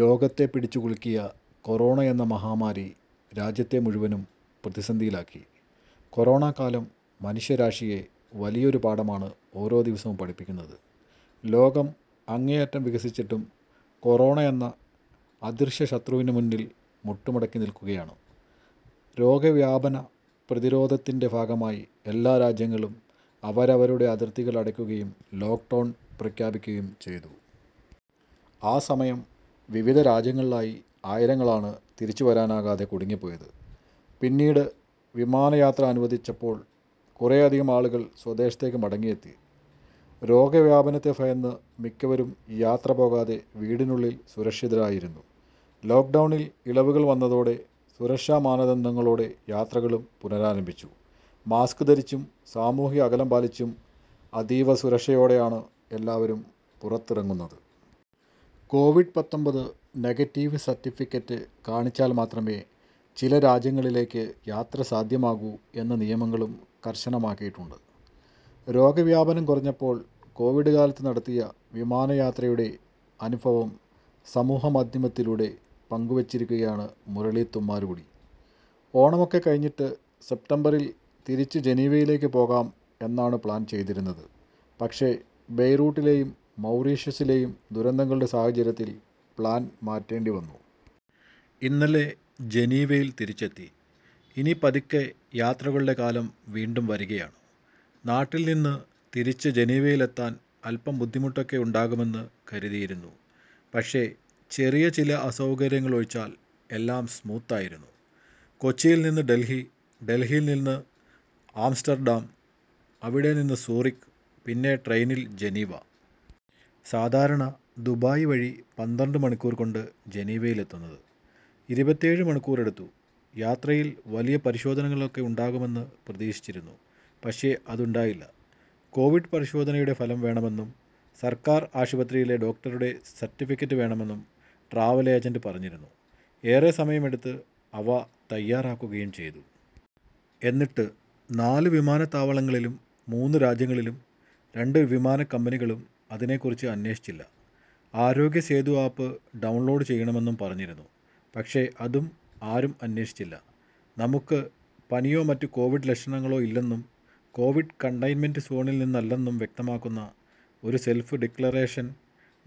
ലോകത്തെ പിടിച്ചുകുലുക്കിയ കൊറോണ എന്ന മഹാമാരി രാജ്യത്തെ മുഴുവനും പ്രതിസന്ധിയിലാക്കി. കൊറോണക്കാലം മനുഷ്യരാശിയെ വലിയൊരു പാഠമാണ് ഓരോ ദിവസവും പഠിപ്പിക്കുന്നത്. ലോകം അങ്ങേയറ്റം വികസിച്ചിട്ടും കൊറോണയെന്ന അദൃശ്യ ശത്രുവിന് മുന്നിൽ മുട്ടുമടക്കി നിൽക്കുകയാണ്. രോഗവ്യാപന പ്രതിരോധത്തിന്റെ ഭാഗമായി എല്ലാ രാജ്യങ്ങളും അവരവരുടെ അതിർത്തികൾ അടയ്ക്കുകയും ലോക്ഡൗൺ പ്രഖ്യാപിക്കുകയും ചെയ്തു. ആ സമയം വിവിധ രാജ്യങ്ങളിലായി ആയിരങ്ങളാണ് തിരിച്ചുവരാനാകാതെ കുടുങ്ങിപ്പോയത്. പിന്നീട് വിമാനയാത്ര അനുവദിച്ചപ്പോൾ കുറെയധികം ആളുകൾ സ്വദേശത്തേക്ക് മടങ്ങിയെത്തി. രോഗവ്യാപനത്തെ ഭയന്ന് മിക്കവരും യാത്ര പോകാതെ വീടിനുള്ളിൽ സുരക്ഷിതരായിരുന്നു. ലോക്ഡൗണിൽ ഇളവുകൾ വന്നതോടെ സുരക്ഷാ മാനദണ്ഡങ്ങളോടെ യാത്രകളും പുനരാരംഭിച്ചു. മാസ്ക് ധരിച്ചും സാമൂഹിക അകലം പാലിച്ചും അതീവ സുരക്ഷയോടെയാണ് എല്ലാവരും പുറത്തിറങ്ങുന്നത്. കോവിഡ് പത്തൊൻപത് നെഗറ്റീവ് സർട്ടിഫിക്കറ്റ് കാണിച്ചാൽ മാത്രമേ ചില രാജ്യങ്ങളിലേക്ക് യാത്ര സാധ്യമാകൂ എന്ന നിയമങ്ങളും കർശനമാക്കിയിട്ടുണ്ട്. രോഗവ്യാപനം കുറഞ്ഞപ്പോൾ കോവിഡ് കാലത്ത് നടത്തിയ വിമാനയാത്രയുടെ അനുഭവം സമൂഹമാധ്യമത്തിലൂടെ പങ്കുവച്ചിരിക്കുകയാണ് മുരളി തുമ്മാരുകുടി. ഓണമൊക്കെ കഴിഞ്ഞിട്ട് സെപ്റ്റംബറിൽ തിരിച്ചുജനീവയിലേക്ക് പോകാം എന്നാണ് പ്ലാൻ ചെയ്തിരുന്നത്. പക്ഷേ ബെയ്റൂട്ടിലെയും മൗറീഷ്യസിലെയും ദുരന്തങ്ങളുടെ സാഹചര്യത്തിൽ പ്ലാൻ മാറ്റേണ്ടിവന്നു. ഇന്നലെ ജനീവയിൽ തിരിച്ചെത്തി. ഇനി പതുക്കെ യാത്രകളുടെ കാലം വീണ്ടും വരികയാണ്. നാട്ടിൽനിന്ന് തിരിച്ച് ജനീവയിൽ എത്താൻ അല്പം ബുദ്ധിമുട്ടൊക്കെ ഉണ്ടാകുമെന്ന് കരുതിയിരുന്നു. പക്ഷേ ചെറിയ ചില അസൗകര്യങ്ങൾ ഒഴിച്ചാൽ എല്ലാം സ്മൂത്ത് ആയിരുന്നു. കൊച്ചിയിൽനിന്ന് ഡൽഹി, ഡൽഹിയിൽനിന്ന് ആംസ്റ്റർഡാം, അവിടെനിന്ന് സൂറിക്, പിന്നെ ട്രെയിനിൽ ജനീവ. സാധാരണ ദുബായ് വഴി പന്ത്രണ്ട് മണിക്കൂർകൊണ്ട് ജനീവയിൽ എത്തുന്നത് ഇരുപത്തിയേഴ് മണിക്കൂർ എടുത്തു. യാത്രയിൽ വലിയ പരിശോധനകൾ ഒക്കെ ഉണ്ടാകുമെന്ന് പ്രതീക്ഷിച്ചിരുന്നു. പക്ഷേ അതുണ്ടായില്ല. കോവിഡ് പരിശോധനയുടെ ഫലം വേണമെന്നും സർക്കാർ ആശുപത്രിയിലെ ഡോക്ടറുടെ സർട്ടിഫിക്കറ്റ് വേണമെന്നും ട്രാവൽ ഏജന്റ് പറഞ്ഞിരുന്നു. ഏറെ സമയം എടുത്ത് അവ തയാറാക്കുകയും ചെയ്തു. എന്നിട്ടും നാല് വിമാനത്താവളങ്ങളിലും മൂന്ന് രാജ്യങ്ങളിലും രണ്ട് വിമാനക്കമ്പനികളും അതിനെക്കുറിച്ച് അന്വേഷിച്ചില്ല. ആരോഗ്യ സേതു ആപ്പ് ഡൗൺലോഡ് ചെയ്യണമെന്നും പറഞ്ഞിരുന്നു. പക്ഷേ അതും ആരും അന്വേഷിച്ചില്ല. നമുക്ക് പനിയോ മറ്റ് കോവിഡ് ലക്ഷണങ്ങളോ ഇല്ലെന്നും കോവിഡ് കണ്ടെയ്ൻമെന്റ് സോണിൽനിന്നല്ലെന്നും വ്യക്തമാക്കുന്ന ഒരു സെൽഫ് ഡിക്ലറേഷൻ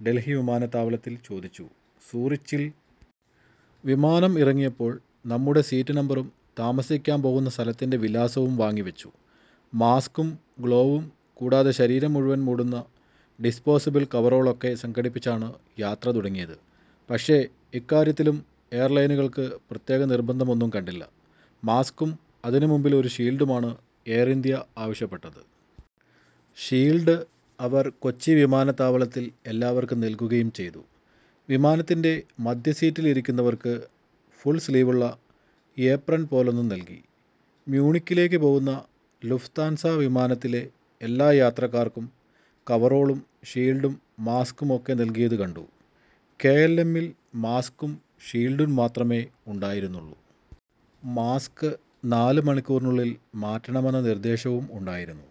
ഡൽഹി വിമാനത്താവളത്തിൽ ചോദിച്ചു. സൂറിച്ചിൽ വിമാനം ഇറങ്ങിയപ്പോൾ നമ്മുടെ സീറ്റ് നമ്പറും താമസിക്കാൻ പോകുന്ന സ്ഥലത്തിന്റെ വിലാസവും വാങ്ങിവച്ചു. മാസ്കും ഗ്ലോവും കൂടാതെ ശരീരം മുഴുവൻ മൂടുന്ന ഡിസ്പോസബിൾ കവറോൾ ഒക്കെ സംഘടിപ്പിച്ചാണ് യാത്ര തുടങ്ങിയത്. പക്ഷേ ഇക്കാര്യത്തിലും എയർലൈനുകൾക്ക് പ്രത്യേക നിർബന്ധം ഒന്നും കണ്ടില്ല. മാസ്കും അതിന് മുൻപിൽ ഒരു ഷീൽഡുമാണ് എയർ ഇന്ത്യ ആവശ്യപ്പെട്ടത്. ഷീൽഡ് അവർ കൊച്ചി വിമാനത്താവളത്തിൽ എല്ലാവർക്കും നൽകുകയും ചെയ്തു. വിമാനത്തിന്റെ മധ്യ സീറ്റിൽ ഇരിക്കുന്നവർക്ക് ഫുൾ സ്ലീവുള്ള ഏപ്രൺ പോലൊന്ന് നൽകി. മ്യൂണിക്കിലേക്ക് പോകുന്ന ലുഫ്താൻസ വിമാനത്തിലെ എല്ലാ യാത്രക്കാർക്കും കവറോളും ഷീൽഡും മാസ്കും ഒക്കെ നൽകിയത് കണ്ടു. കെ എൽ എമ്മിൽ മാസ്കും ഷീൽഡും മാത്രമേ ഉണ്ടായിരുന്നുള്ളൂ. മാസ്ക് നാല് മണിക്കൂറിനുള്ളിൽ മാറ്റണമെന്ന നിർദ്ദേശവും ഉണ്ടായിരുന്നു.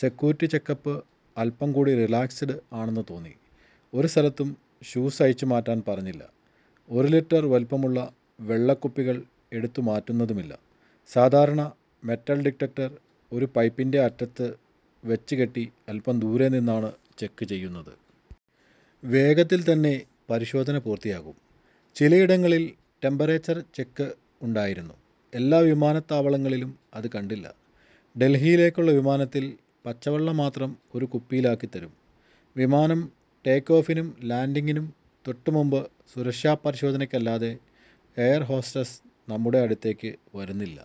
സെക്യൂരിറ്റി ചെക്ക് അപ്പ് അല്പം കൂടി റിലാക്സ്ഡ് ആണെന്ന് തോന്നി. ഒരു സ്ഥലത്തും ഷൂസ് അഴിച്ചുമാറ്റാൻ പറഞ്ഞില്ല. ഒരു ലിറ്റർ വലുപ്പമുള്ള വെള്ളക്കുപ്പികൾ എടുത്തുമാറ്റുന്നതുമില്ല. സാധാരണ മെറ്റൽ ഡിറ്റക്ടർ ഒരു പൈപ്പിന്റെ അറ്റത്ത് വച്ച് കെട്ടി അല്പം ദൂരെ നിന്നാണ് ചെക്ക് ചെയ്യുന്നത്. വേഗത്തിൽ തന്നെ പരിശോധന പൂർത്തിയാകും. ചിലയിടങ്ങളിൽ ടെമ്പറേച്ചർ ചെക്ക് ഉണ്ടായിരുന്നു. എല്ലാ വിമാനത്താവളങ്ങളിലും അത് കണ്ടില്ല. ഡൽഹിയിലേക്കുള്ള വിമാനത്തിൽ പച്ചവെള്ളം മാത്രം ഒരു കുപ്പിയിലാക്കി തരും. വിമാനം ടേക്ക് ഓഫിനും ലാൻഡിങ്ങിനും തൊട്ടുമുമ്പ് സുരക്ഷാ പരിശോധനയ്ക്കല്ലാതെ എയർ ഹോസ്റ്റസ് നമ്മുടെ അടുത്തേക്ക് വരുന്നില്ല.